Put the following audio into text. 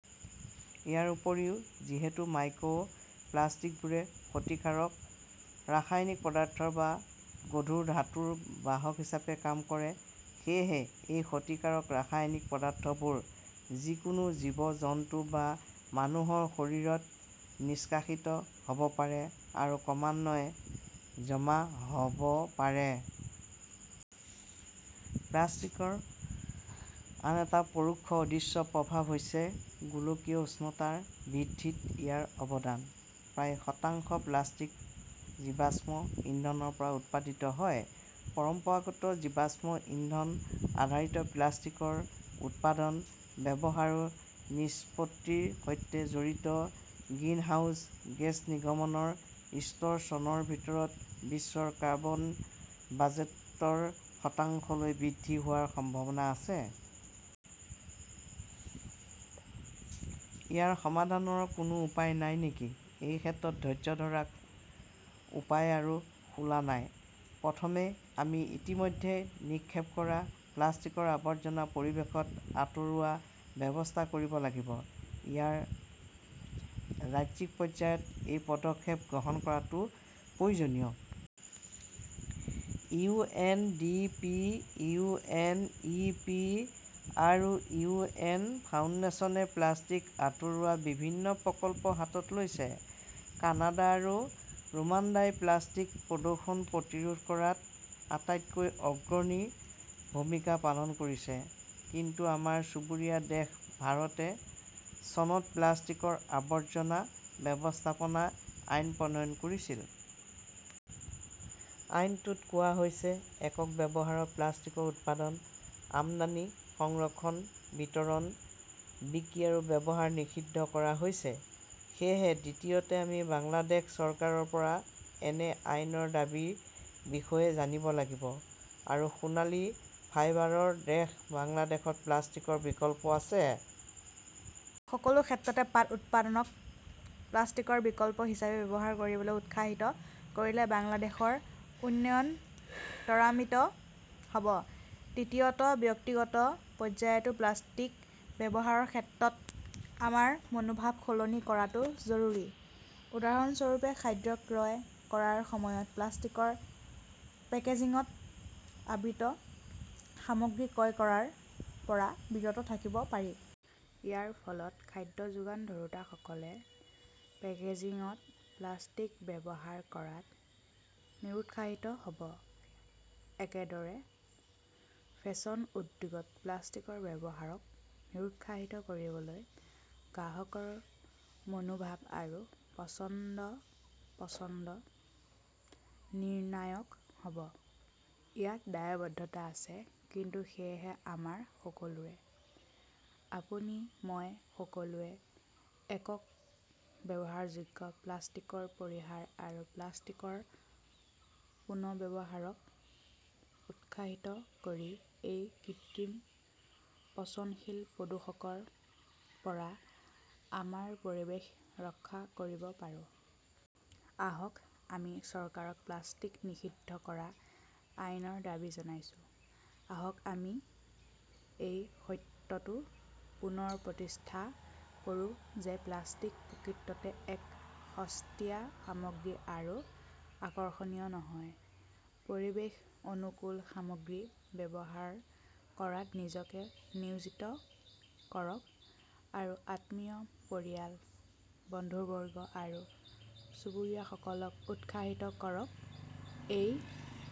ইয়াৰ উপৰিও, যিহেতু মাইক্ৰ প্লাষ্টিকবোৰে ক্ষতিকাৰক ৰাসায়নিক পদাৰ্থ বা গধুৰ ধাতুৰ বাহক হিচাপে কাম কৰে, সেয়েহে এই ক্ষতিকাৰক ৰাসায়নিক পদাৰ্থবোৰ যিকোনো জীৱ-জন্তু বা মানুহৰ শৰীৰত নিষ্কাশিত হ' ব পাৰে আৰু ক্ৰমান্বয়ে জমা হ 'ব পাৰে। প্লাষ্টিকৰ আন এটা পৰোক্ষ অদৃশ্য প্ৰভাৱ হৈছে গোলকীয় উষ্ণতা বৃদ্ধিত ইয়াৰ অৱদান। প্ৰায় শতাংশ প্লাষ্টিক জীৱাশ্ম ইন্ধনৰ পৰা উৎপাদিত হয়। পৰম্পৰাগত জীৱাশ্ম ইন্ধন-আধাৰিত প্লাষ্টিকৰ উৎপাদন, ব্যৱহাৰ আৰু নিষ্পত্তিৰ সৈতে জড়িত গ্ৰিনহাউজ গেছ নিৰ্গমনৰ স্তৰ চনৰ ভিতৰত বিশ্বৰ কাৰ্বন বাজেটৰ শতাংশলৈ বৃদ্ধি হোৱাৰ সম্ভাৱনা আছে। ইয়াৰ সমাধানৰ কোনো উপায় নাই নেকি এই ক্ষেত্ৰত ধৈৰ্য্য ধৰাৰ উপায় আৰু খোলা নাই। প্ৰথমতে, আমি ইতিমধ্যে নিক্ষেপ কৰা প্লাষ্টিকৰ আৱৰ্জনা পৰিৱেশত আঁতৰোৱাৰ ব্যৱস্থা কৰিব লাগিব। ৰাজ্যিক পৰ্যায়ত এই পদক্ষেপ গ্ৰহণ কৰাটো প্ৰয়োজনীয়। U. N. D. P., U. N. E. P. আৰু ইউ. এন. ফাউণ্ডেশ্যনে প্লাষ্টিক আঁতৰোৱাৰ বিভিন্ন প্ৰকল্প হাতত লৈছে। কানাডা আৰু ৰুৱাণ্ডাই প্লাষ্টিক প্ৰদূষণ প্ৰতিৰোধ কৰাত আটাইতকৈ অগ্ৰণী ভূমিকা পালন কৰিছে। কিন্তু আমাৰ চুবুৰীয়া দেশ ভাৰতে চনত প্লাষ্টিকৰ আৱৰ্জনা ব্যৱস্থাপনা আইন প্ৰণয়ন কৰিছিল। আইনটোত কোৱা হৈছে একক ব্যৱহাৰৰ প্লাষ্টিকৰ উৎপাদন, আমদানি, সংৰক্ষণ, বিতৰণ, বিক্ৰী আৰু ব্যৱহাৰ নিষিদ্ধ কৰা হৈছে। সেয়েহে দ্বিতীয়তে, আমি বাংলাদেশ চৰকাৰৰ পৰা এনে আইনৰ দাবীৰ বিষয়ে জানিব লাগিব। আৰু সোণালী ফাইবাৰৰ দেশ বাংলাদেশত প্লাষ্টিকৰ বিকল্প আছে। সকলো ক্ষেত্ৰতে পাট উৎপাদনক প্লাষ্টিকৰ বিকল্প হিচাপে ব্যৱহাৰ কৰিবলৈ উৎসাহিত কৰিলে বাংলাদেশৰ উন্নয়ন ত্বৰান্বিত হ’ব। তৃতীয়ত ব্যক্তিগত পৰ্যায়তো প্লাষ্টিক ব্যৱহাৰৰ ক্ষেত্ৰত আমাৰ মনোভাৱ সলনি কৰাটো জৰুৰী। উদাহৰণস্বৰূপে, খাদ্য ক্ৰয় কৰাৰ সময়ত প্লাষ্টিকৰ পেকেজিঙত আবৃত সামগ্ৰী ক্ৰয় কৰাৰ পৰা বিৰত থাকিব পাৰি। ইয়াৰ ফলত খাদ্য যোগান ধৰোঁতাসকলে পেকেজিঙত প্লাষ্টিক ব্যৱহাৰ কৰাত নিৰুৎসাহিত হ’ব। একেদৰে, ফেশ্বন উদ্যোগত প্লাষ্টিকৰ ব্যৱহাৰক নিৰুৎসাহিত কৰিবলৈ গ্ৰাহকৰ মনোভাৱ আৰু পছন্দ-পচন্দ নিৰ্ণায়ক হ 'ব। ইয়াত দায়বদ্ধতা আছে কিন্তু সেয়েহে আমাৰ সকলোৰে। আপুনি, মই সকলোৱে একক-ব্যৱহাৰযোগ্য প্লাষ্টিকৰ পৰিহাৰ আৰু প্লাষ্টিকৰ পুনৰ্ব্যৱহাৰক উৎসাহিত কৰি এই কৃত্ৰিম, পচনশীল প্ৰদূষকৰ পৰা আমাৰ পৰিৱেশ ৰক্ষা কৰিব পাৰোঁ। আহক, আমি চৰকাৰক প্লাষ্টিক নিষিদ্ধ কৰা আইনৰ দাবী জনাইছো। আহক আমি এই সত্যটো পুনৰ প্ৰতিষ্ঠা কৰো যে প্লাষ্টিক প্ৰকৃততে এক সস্তীয়া সামগ্ৰী আৰু আকৰ্ষণীয় নহয়। পৰিৱেশ-অনুকূল সামগ্ৰী ব্যৱহাৰ কৰাত নিজকে নিয়োজিত কৰক আৰু আত্মীয়, পৰিয়াল, বন্ধুবৰ্গ আৰু চুবুৰীয়াসকলক উৎসাহিত কৰক। এই